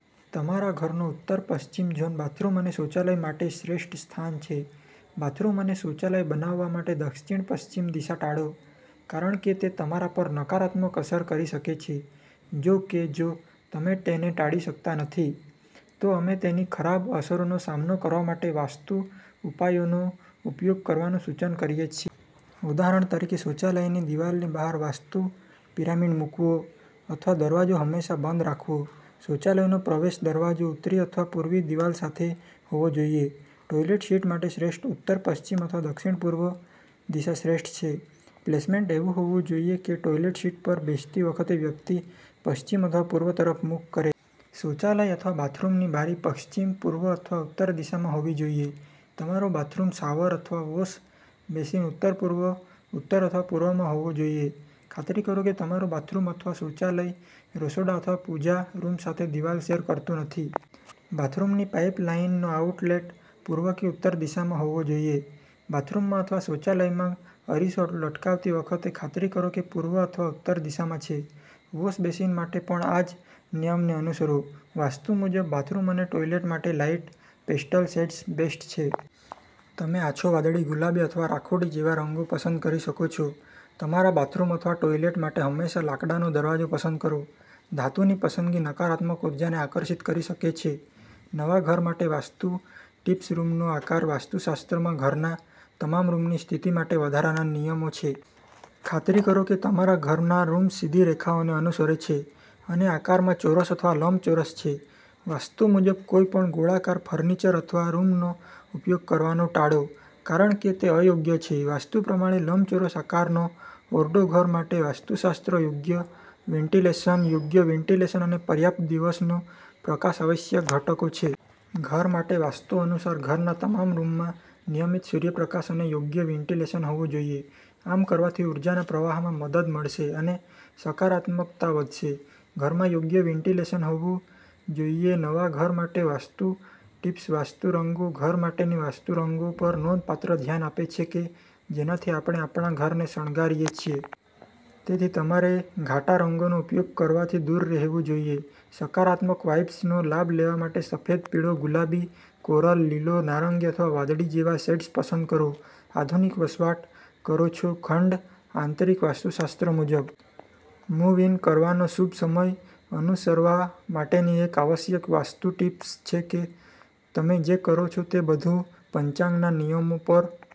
તમારા ઘરનો ઉત્તર-પશ્ચિમ ઝોન બાથરૂમ અને શૌચાલય માટે શ્રેષ્ઠ સ્થાન છે. બાથરૂમ અને શૌચાલય બનાવવા માટે દક્ષિણ-પશ્ચિમ દિશા ટાળો, કારણ કે તે તમારા પર નકારાત્મક અસર કરી શકે છે. જો કે, જો તમે તેને ટાળી શકતા નથી, તો અમે તેની ખરાબ અસરોનો સામનો કરવા માટે વાસ્તુ ઉપાયોનો ઉપયોગ કરવાનું સૂચન કરીએ છીએ. ઉદાહરણ તરીકે, શૌચાલયની દિવાલની બહાર વાસ્તુ પિરામિડ મૂકવો અથવા દરવાજો હંમેશા બંધ રાખવો. શૌચાલયનો પ્રવેશ દરવાજો ઉત્તરી અથવા પૂર્વીય દિવાલ સાથે હોવો જોઈએ. ટોયલેટ સીટ માટે ઉત્તર-પશ્ચિમ અથવા દક્ષિણ-પૂર્વ દિશા શ્રેષ્ઠ છે. પ્લેસમેન્ટ એવું હોવું જોઈએ કે ટોયલેટ સીટ પર બેસતી વખતે વ્યક્તિ પશ્ચિમ અથવા પૂર્વ તરફ મુખ કરે. શૌચાલય અથવા બાથરૂમની બારી પશ્ચિમ, પૂર્વ અથવા ઉત્તર દિશામાં હોવી જોઈએ. તમારું બાથરૂમ શાવર અથવા વૉશ બેસિન ઉત્તરપૂર્વ, ઉત્તર અથવા પૂર્વમાં હોવું જોઈએ. ખાતરી કરો કે તમારું બાથરૂમ અથવા શૌચાલય રસોડા અથવા પૂજા રૂમ સાથે દિવાલ શેર કરતું નથી. બાથરૂમની પાઇપલાઇનનો આઉટલેટ પૂર્વ કે ઉત્તર દિશામાં હોવો જોઈએ. બાથરૂમમાં અથવા શૌચાલયમાં અરીસો લટકાવતી વખતે, ખાતરી કરો કે તે પૂર્વ અથવા ઉત્તર દિશામાં છે. વૉશ બેસિન માટે પણ આ જ નિયમને અનુસરો. વાસ્તુ મુજબ બાથરૂમ અને ટોયલેટ માટે લાઇટ પેસ્ટલ શેડ્સ બેસ્ટ છે. તમે આછો વાદળી, ગુલાબી અથવા રાખોડી જેવા રંગો પસંદ કરી શકો છો. તમારા બાથરૂમ અથવા ટોયલેટ માટે હંમેશા લાકડાનો દરવાજો પસંદ કરો. ધાતુની પસંદગી નકારાત્મક ઊર્જાને આકર્ષિત કરી શકે છે. નવા ઘર માટે વાસ્તુ ટિપ્સરૂમનો આકાર વાસ્તુશાસ્ત્રમાં ઘરના તમામ રૂમની સ્થિતિ માટે વધારાના નિયમો છે. ખાતરી કરો કે તમારા ઘરના રૂમ સીધી રેખાઓને અનુસરે છે અને આકારમાં ચોરસ અથવા લંબચોરસ છે. વાસ્તુ મુજબ કોઈપણ ગોળાકાર ફર્નિચર અથવા રૂમનો ઉપયોગ કરવાનું ટાળો કારણ કે તે અયોગ્ય છે. વાસ્તુ પ્રમાણે લંબચોરસ આકારનો ઓરડોઘર માટે વાસ્તુશાસ્ત્રયોગ્ય વેન્ટિલેશન યોગ્ય વેન્ટિલેશન અને પર્યાપ્ત દિવસનો પ્રકાશઆવશ્યક ઘટકો છે. ઘર માટે વાસ્તુ અનુસાર, ઘરના તમામ રૂમમાં નિયમિત સૂર્યપ્રકાશ અને યોગ્ય વેન્ટિલેશન હોવું જોઈએ. આમ કરવાથી ઊર્જાના પ્રવાહમાં મદદ મળશે અને સકારાત્મકતા વધશે. ઘરમાં યોગ્ય વેન્ટિલેશન હોવું જોઈએનવા ઘર માટે વાસ્તુ ટિપ્સવાસ્તુ રંગો ઘર માટેની વાસ્તુરંગો પર નોંધપાત્ર ધ્યાન આપે છે કે જેનાથી આપણે આપણા ઘરને શણગારીએ છીએ. તેથી, તમારે ઘાટા રંગોનો ઉપયોગ કરવાથી દૂર રહેવું જોઈએ. સકારાત્મક વાઇબ્સનો લાભ લેવા માટે સફેદ, પીળો, ગુલાબી, કોરલ, લીલો, નારંગી અથવા વાદળી જેવા શેડ્સ પસંદ કરો. આધુનિક વસવાટ કરો છો ખંડ આંતરિકવાસ્તુશાસ્ત્ર મુજબ મૂવ-ઇન કરવાનો શુભ સમય અનુસરવા માટેની એક આવશ્યક વાસ્તુ ટીપ્સછે કે તમે જે કરો છો તે બધું પંચાંગ ના નિયમો પર